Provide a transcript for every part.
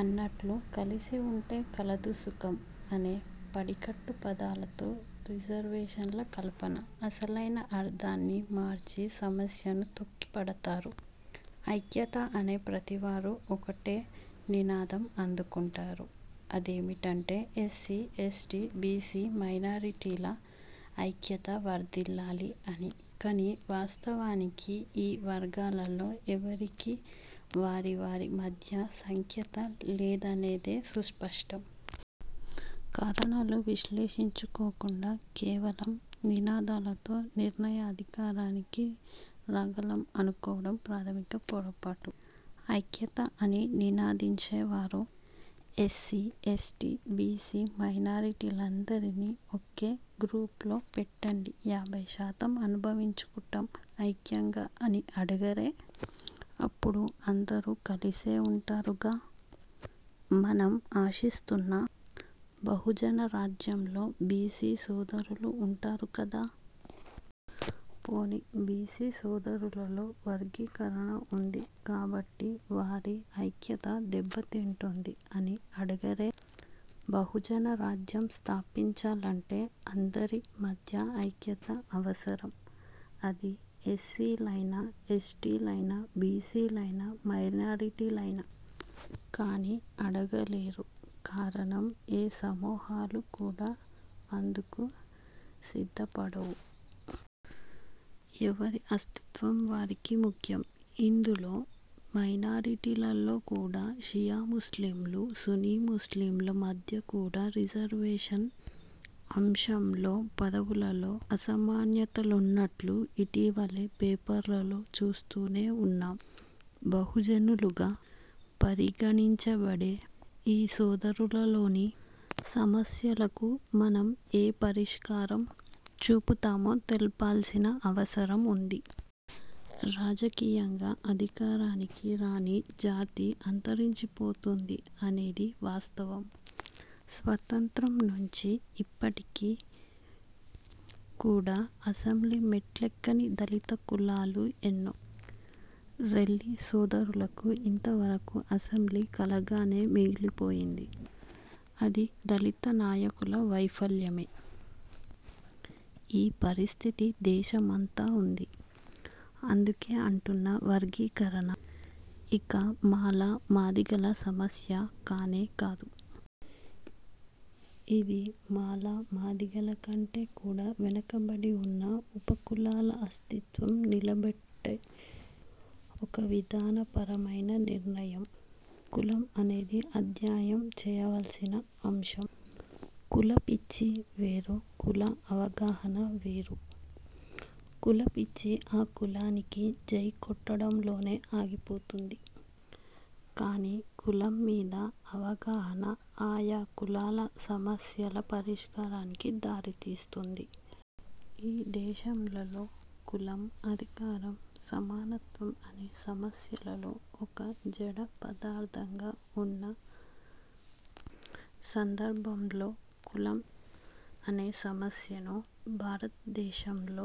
అన్నట్లు కలసి ఉంటె కలదు సుఖం అనే పడికట్టు పదాలతో రిజర్వేషన్ల కల్పన అసలైన అర్థాన్ని మార్చి సమస్యను తొక్కిపడతారు. ఐక్యత అనే ప్రతి వారు ఒకటే నినాదం అందుకుంటారు అదేమిటంటే 'ఎస్సీ, ఎస్టీ, బీసీ మైనారిటీల ఐక్యత వర్ధిల్లాలి' అని. కనీ వాస్తవానికి ఈ వర్గాల్లో ఎవ్వరికీ వారి వారి మధ్య సఖ్యత లేదనేది సుస్పష్టం. కారణాలు విశ్లేషించుకోకుండా కేవలం నినాదాలతో నిర్ణయాధికారానికి రాగలం అనుకోవడం ప్రాథమిక పొరపాటు. ఐక్యత అని నినాదించేవారు ఎస్సీ, ఎస్టీ, బీసీ మైనారిటీలందరినీ ఒకే గ్రూపులో పెట్టండి, యాభైశాతం అనుభవించుకుంటాం ఐక్యంగా అని అడగరే? అప్పుడు అందరూ కలిసే ఉంటారుగా. మనం ఆశిస్తున్న బహుజనరాజ్యంలో బీసీ సోదరులు ఉంటారు కదా? పోనీ బీసీ సోదరులలో వర్గీకరణ ఉంది కాబట్టి వారి ఐక్యత దెబ్బతింటుంది అని అడగరే? బహుజన రాజ్యం స్థాపించాలంటే అందరి మధ్య ఐక్యత అవసరం. అది ఎస్సీ లైనా, ఎస్టీ లైనా, బీసీలైనా, మైనారిటీ లైనా. కానీ అడగలేరు కారణం ఏ సమూహాలు కూడా అందుకు సిద్ధపడవు. ఎవరి అస్తిత్వం వారికి ముఖ్యం. ఇందులో మైనారిటీలలో కూడా షియా ముస్లింలు, సున్నీ ముస్లిం ల మధ్య కూడా రిజర్వేషన్ అంశంలో పదవులలో అసమానతలున్నట్లు ఇటీవల పేపర్లలో చూస్తూనే ఉన్నాం. బహుజనులుగా పరిగణించబడే ఈ సోదరులలోని సమస్యలకు మనం ఏ పరిష్కారం చూపుతామో తెలపాల్సిన అవసరం ఉంది. రాజకీయంగా అధికారానికి రాని జాతి అంతరించిపోతుంది అనేది వాస్తవం. స్వతంత్రం నుంచి ఇప్పటికీ కూడా అసెంబ్లీ మెట్లెక్కని దళిత కులాలు ఎన్నో. రెల్లి సోదరులకు ఇంతవరకు అసెంబ్లీ కలగానే మిగిలిపోయింది. అది దళిత నాయకుల వైఫల్యమే. ఈ పరిస్థితి దేశమంతా ఉంది. అందుకే అంటున్నా వర్గీకరణ ఇక మాల మాదిగల సమస్య కానేకాదు. ఇది మాల మాదిగలకంటే కూడా వెనకబడి ఉన్న ఉపకులాల అస్తిత్వం నిలబెట్టే ఒక విధాన పరమైన నిర్ణయం. కులం అనేది అధ్యయనం చేయవలసిన అంశం. 'కుల పిచ్చి' వేరు, 'కుల అవగాహన' వేరు. కుల పిచ్చి ఆ కులానికి జై కొట్టడంలోనే ఆగిపోతుంది. కానీ కులం మీద అవగాహన ఆయా కులాల సమస్యల పరిష్కారానికి దారితీస్తుంది. ఈ దేశంలలో కులం, అధికారం, సమానత్వం అనే సమస్యలలో ఒక జడ పదార్థంగా ఉన్న సందర్భంలో కులం అనే సమస్యను భారతదేశం లో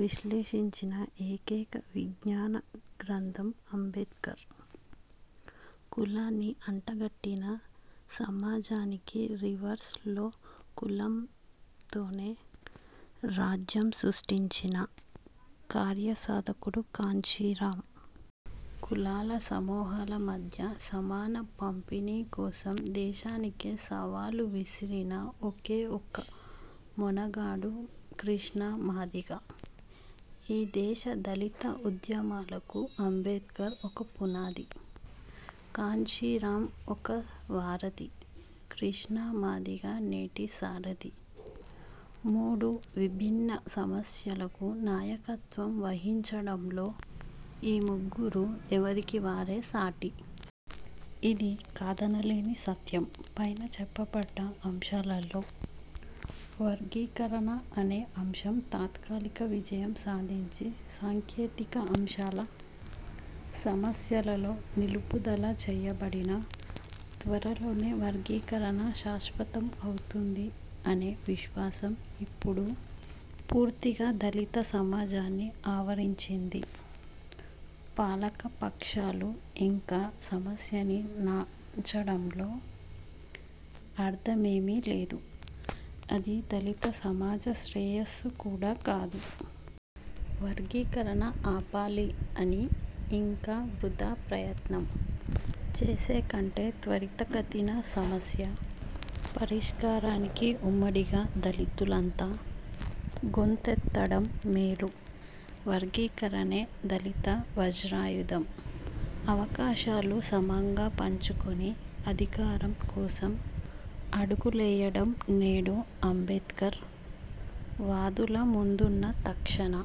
విశ్లేషించిన ఏకైక విజ్ఞాన గ్రంథం అంబేడ్కర్. కులాన్ని అంటగట్టిన సమాజానికే రివర్స్ లో కులం తోనే రాజ్యం సృష్టించిన కార్యసాధకుడు కాన్షీరాం. కులాల సమూహల మధ్య సమాన పంపిణీ కోసం దేశానికే సవాలు విసిరిన ఒకేఒక్క మొనగాడు కృష్ణ మాదిగ. ఈ దేశ దళిత ఉద్యమాలకు అంబేడ్కర్ ఒక పునాది. కాన్షీరాం ఒక వారధి. కృష్ణ మాదిగ నేటి సారథి. మూడు విభిన్న సమస్యలకు నాయకత్వం వహించడంలో ఈ ముగ్గురు ఎవరికివారే సాటి. ఇది కాదనలేని సత్యం. పైన చెప్పబడ్డ అంశాలలో వర్గీకరణ అనే అంశం తాత్కాలిక విజయం సాధించి సాంకేతిక అంశాల సమస్యలలో నిలుపుదల చేయబడినా త్వరలోనే వర్గీకరణ శాశ్వతం అవుతుంది అనే విశ్వాసం ఇప్పుడు పూర్తిగా దళిత సమాజాన్ని ఆవరించింది. పాలక పక్షాలు ఇంకా సమస్యని నాన్చడంలో అర్థమేమీ లేదు, అది దళిత సమాజ శ్రేయస్సు కూడా కాదు. వర్గీకరణ ఆపాలి అని ఇంకా వృథా ప్రయత్నం చేసే కంటే త్వరితగతిన సమస్య పరిష్కారానికి ఉమ్మడిగా దళితులంతా గొంతెత్తడం మేలు. వర్గీకరణే దళిత వజ్రాయుధం. అవకాశాలు సమంగా పంచుకొని, అధికారం కోసం అడుగులెయ్యడం నేడు అంబేడ్కర్ వాదుల ముందున్న తక్షణ